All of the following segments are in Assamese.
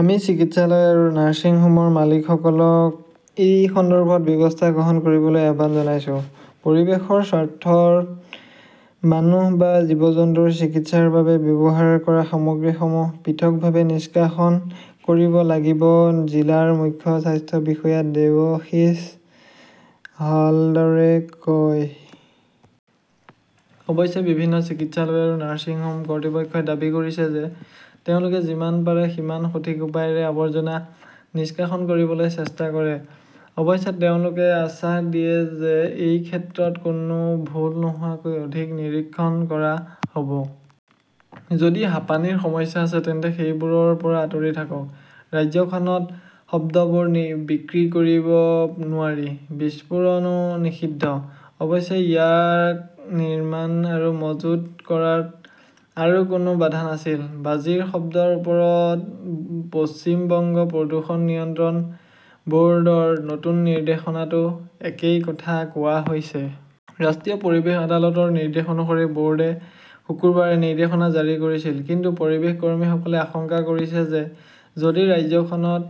আমি চিকিৎসালয় আৰু নাৰ্ছিংহোমৰ মালিকসকলক এই সন্দৰ্ভত ব্যৱস্থা গ্ৰহণ কৰিবলৈ আহ্বান জনাইছো। পৰিৱেশৰ স্বাৰ্থত মানুহ বা জীৱ-জন্তুৰ চিকিৎসাৰ বাবে ব্যৱহাৰ কৰা সামগ্ৰীসমূহ পৃথকভাৱে নিষ্কাশন কৰিব লাগিব জিলাৰ মুখ্য স্বাস্থ্য বিষয়া দেৱশীছ হালদাৰে কয়। অৱশ্যে বিভিন্ন চিকিৎসালয় আৰু নাৰ্ছিংহোম কৰ্তৃপক্ষই দাবী কৰিছে যে তেওঁলোকে যিমান পাৰে সিমান সঠিক উপায়েৰে আৱৰ্জনা নিষ্কাশন কৰিবলৈ চেষ্টা কৰে। অৱশ্যে তেওঁলোকে আশ্বাস দিয়ে যে এই ক্ষেত্ৰত কোনো ভুল নোহোৱাকৈ অধিক নিৰীক্ষণ কৰা হ'ব। যদি হাঁপানীৰ সমস্যা আছে তেন্তে সেইবোৰৰ পৰা আতৰি থাকক। ৰাজ্যখনত শব্দবোৰ বিক্ৰী কৰিব নোৱাৰি। বিস্ফোৰণও নিষিদ্ধ। অৱশ্যে, ইয়াক নিৰ্মাণ আৰু মজুত কৰাত আৰু কোনো বাধা নাছিল। বাজিৰ শব্দৰ ওপৰত পশ্চিম বংগ প্ৰদূষণ নিয়ন্ত্ৰণ বৰ্ডৰ নতুন নিৰ্দেশনাতো একেই কথা কোৱা হৈছে। ৰাষ্ট্ৰীয় পৰিৱেশ আদালতৰ নিৰ্দেশ অনুসৰি বোৰ্ডে শুকুৰবাৰে নিৰ্দেশনা জাৰি কৰিছিল। কিন্তু পৰিৱেশ কৰ্মীসকলে আশংকা কৰিছে যে যদি ৰাজ্যখনত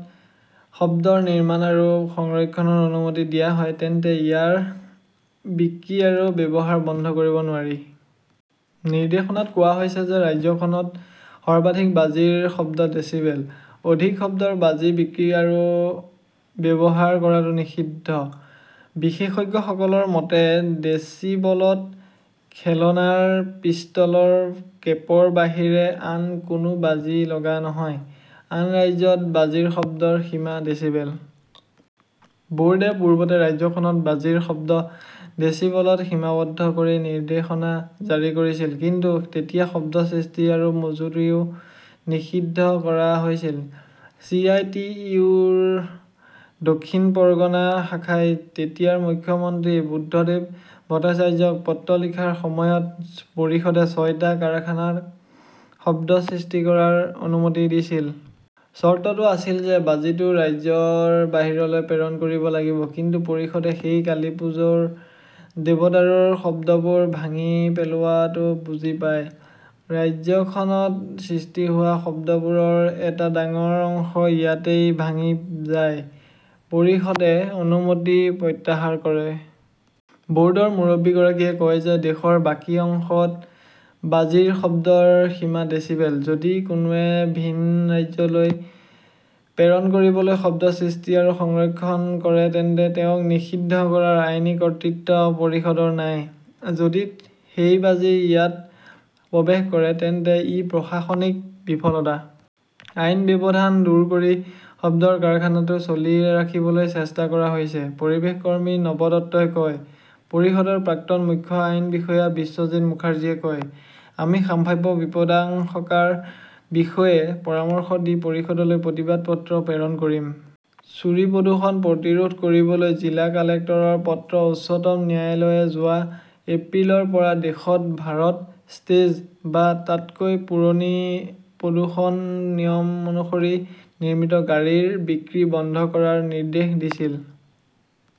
শব্দৰ নিৰ্মান আৰু সংৰক্ষণৰ অনুমতি দিয়া হয় তেন্তে ইয়াৰ বিক্ৰী আৰু ব্যৱহাৰ বন্ধ কৰিব নোৱাৰি। নিৰ্দেশনাত কোৱা হৈছে যে ৰাজ্যখনত সৰ্বাধিক বাজিৰ শব্দ ডেছিবেল। অধিক শব্দৰ বাজি বিক্ৰী আৰু ব্যৱহাৰ কৰাটো নিষিদ্ধ। বিশেষজ্ঞসকলৰ মতে, ডেছিবলত খেলনাৰ পিস্তলৰ কেপৰ বাহিৰে আন কোনো বাজি লগা নহয়। আন ৰাজ্যত বাজিৰ শব্দৰ সীমা ডেচিবেল। বৰ্ডে পূৰ্বতে ৰাজ্যখনত বাজিৰ শব্দ ডেছিবলত সীমাবদ্ধ কৰি নিৰ্দেশনা জাৰি কৰিছিল। কিন্তু তেতিয়া শব্দ সৃষ্টি আৰু মজুৰিও নিষিদ্ধ কৰা হৈছিল। চি. আই. টি. ইউ. -ৰ দক্ষিণ পৰগনা শাখাই তেতিয়াৰ মুখ্যমন্ত্ৰী বুদ্ধদেব ভট্টাচাৰ্যক পত্ৰ লিখাৰ সময়ত পৰিষদে ছয়টা কাৰখানাক শব্দ সৃষ্টি কৰাৰ অনুমতি দিছিল। চৰ্তটো আছিল যে বাজিটো ৰাজ্যৰ বাহিৰলৈ প্ৰেৰণ কৰিব লাগিব। কিন্তু পৰিষদে সেই কালীপুজোৰ দেৱদাৰুৰ শব্দবোৰ ভাঙি পেলোৱাটো বুজি পায়, ৰাজ্যখনত সৃষ্টি হোৱা শব্দবোৰৰ এটা ডাঙৰ অংশ ইয়াতেই ভাঙি যায়। পৰিষদে অনুমতি প্ৰত্যাহাৰ কৰে। বৰ্ডৰ মুৰব্বীগৰাকীয়ে কয় যে দেশৰ বাকী অংশত বাজিৰ শব্দৰ সীমা ডেছিবেল। যদি কোনোৱে ভিন ৰাজ্যলৈ প্ৰেৰণ কৰিবলৈ শব্দ সৃষ্টি আৰু সংৰক্ষণ কৰে তেন্তে তেওঁক নিষিদ্ধ কৰাৰ আইনী কৰ্তৃত্ব পৰিষদৰ নাই। যদি সেই বাজি ইয়াত প্ৰৱেশ কৰে তেন্তে ই প্ৰশাসনিক বিফলতা। আইনৰ ব্যৱধান দূৰ কৰি শব্দৰ কাৰখানাটো চলি ৰাখিবলৈ চেষ্টা কৰা হৈছে, পৰিৱেশ কৰ্মী নৱ দত্তই কয়। পৰিষদৰ প্ৰাক্তন মুখ্য আইন বিষয়া বিশ্বজিত মুখাৰ্জীয়ে কয়, আমি সম্ভাৱ্য বিপদাশংকাৰ বিষয়ে পৰামৰ্শ দি পৰিষদলৈ প্ৰতিবাদ পত্ৰ প্ৰেৰণ কৰিম। চুৰি-প্ৰদূষণ প্ৰতিৰোধ কৰিবলৈ জিলা কালেক্টৰৰ পত্ৰ উচ্চতম ন্যায়ালয়ে যোৱা এপ্ৰিলৰ পৰা দেশত ভাৰত ষ্টেজ- বা তাতকৈ পুৰণি প্ৰদূষণ নিয়ম অনুসৰি নিৰ্মিত গাড়ীৰ বিক্ৰী বন্ধ কৰাৰ নিৰ্দেশ দিছিল।